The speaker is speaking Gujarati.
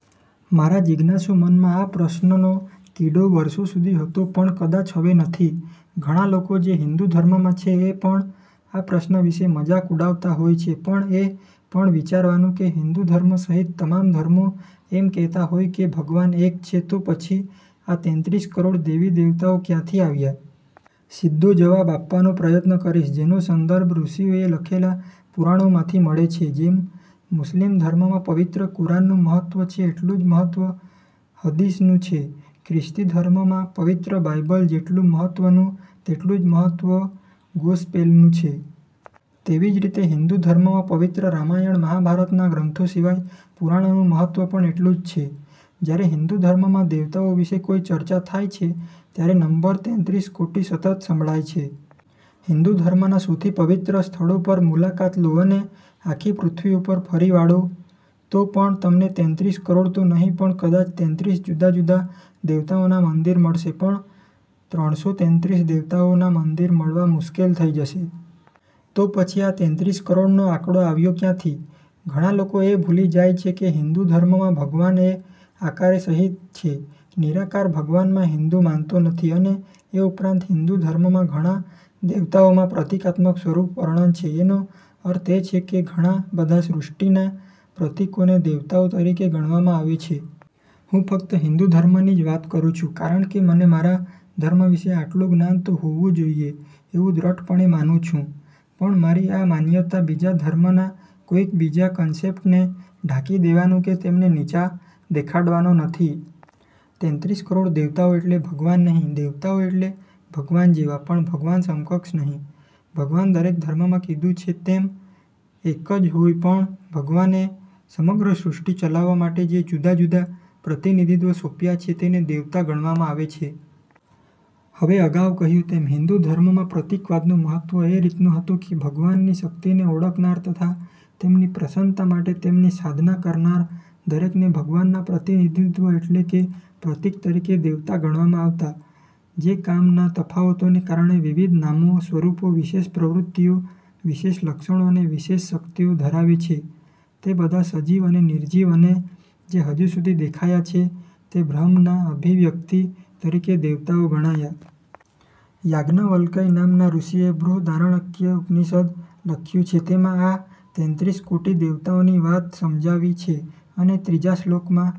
મારાં જિજ્ઞાસુ મનમાં આ પ્રશ્નનો કીડો વર્ષો સુધી હતો પણ કદાચ હવે નથી. ઘણાં લોકો જે હિંદુ ધર્મમાં છે એ પણ આ પ્રશ્ન વિશે મજાક ઉડાવતા હોય છે પણ એ પણ વિચારવાનું કે હિન્દુ ધર્મ સહિત તમામ ધર્મો એમ કહેતા હોય કે ભગવાન એક છે તો પછી આ તેત્રીસ કરોડ દેવી દેવતાઓ ક્યાંથી આવ્યા? સીધો જવાબ આપવાનો પ્રયત્ન કરીશ જેનો સંદર્ભ ઋષિઓએ લખેલાં પુરાણોમાંથી મળે છે. જેમ મુસ્લિમ ધર્મમાં પવિત્ર કુરાનનું મહત્ત્વ છે એટલું જ મહત્ત્વ હદીસ નું છે, ખ્રિસ્તી ધર્મમાં પવિત્ર બાઇબલ જેટલું મહત્વનું, તેટલું જ મહત્વ ગોસ્પેલનું છે. તેવી જ રીતે હિન્દુ ધર્મમાં પવિત્ર રામાયણ મહાભારત ના ગ્રંથો સિવાય પુરાણોનું મહત્વ પણ એટલું જ છે. જ્યારે હિંદુ ધર્મમાં દેવતાઓ વિશે કોઈ ચર્ચા થાય છે ત્યારે નંબર તેત્રીસ કોટી સતત સંભળાય છે. હિન્દુ ધર્મના સૌથી પવિત્ર સ્થળો પર મુલાકાત લો અને આખી પૃથ્વી ઉપર ફરી વાળો તો પણ તમને તેત્રીસ કરોડ તો નહીં પણ કદાચ તેત્રીસ જુદા જુદા દેવતાઓના મંદિર મળશે પણ ત્રણસો તેત્રીસ દેવતાઓ ના મંદિર મળવા મુશ્કેલ થઈ જશે. તો પછી આ તેત્રીસ કરોડ નો આંકડો આવ્યો ક્યાંથી? ઘણા લોકો એ ભૂલી જાય છે કે હિન્દુ ધર્મમાં ભગવાન એ આકારે સહિત છે નિરાકાર ભગવાનમાં હિન્દુ માનતો નથી અને એ ઉપરાંત હિન્દુ ધર્મમાં ઘણા દેવતાઓમાં પ્રતિકાત્મક સ્વરૂપ વર્ણન છે એનો અર્થ એ કે ઘણા બધા સૃષ્ટિના પ્રતિકોને દેવતાઓ તરીકે ગણવામાં આવે છે. હું ફકત હિંદુ ધર્મની જ વાત કરું છું, કારણ કે મને મારા ધર્મ વિશે આટલું જ્ઞાન તો હોવું જોઈએ એવું દ્રઢપણે માનું છું. પણ મારી આ માન્યતા બીજા ધર્મના કોઈક બીજા કન્સેપ્ટને ઢાંકી દેવાનું કે તેમને નીચા દેખાડવાનો નથી. તેત્રીસ કરોડ દેવતાઓ એટલે ભગવાન નહી. દેવતાઓ એટલે ભગવાન જેવા, પણ ભગવાન સમકક્ષ નહી. ભગવાન દરેક ધર્મમાં કીધું છે તેમ એક જ હોય પણ ભગવાને સમગ્ર સૃષ્ટિ ચલાવવા માટે જે જુદા જુદા પ્રતિનિધિત્વ સોંપ્યા છે તેને દેવતા ગણવામાં આવે છે. હવે અગાઉ કહ્યું તેમ હિંદુ ધર્મમાં પ્રતીકવાદનું મહત્ત્વ એ રીતનું હતું કે ભગવાનની શક્તિને ઓળખનાર તથા તેમની પ્રસન્નતા માટે તેમની સાધના કરનાર દરેકને ભગવાનના પ્રતિનિધિત્વ એટલે કે પ્રતિક તરીકે દેવતા ગણવામાં આવતા. જે કામનાં તફાવતોને કારણે વિવિધ નામો, સ્વરૂપો, વિશેષ પ્રવૃત્તિઓ, વિશેષ લક્ષણો અને વિશેષ શક્તિઓ ધરાવે છે તે બધા સજીવ અને નિર્જીવ અને જે હજુ સુધી દેખાયા છે, તે બ્રહ્મના અભિવ્યક્તિ તરીકે દેવતાઓ ગણાયા. યાજ્ઞવલ્ક્ય નામનાં ઋષિએ બૃહદારણ્યક ઉપનિષદ લખ્યું છે તેમાં આ તેત્રીસ કોટી દેવતાઓની વાત સમજાવી છે અને ત્રીજા શ્લોકમાં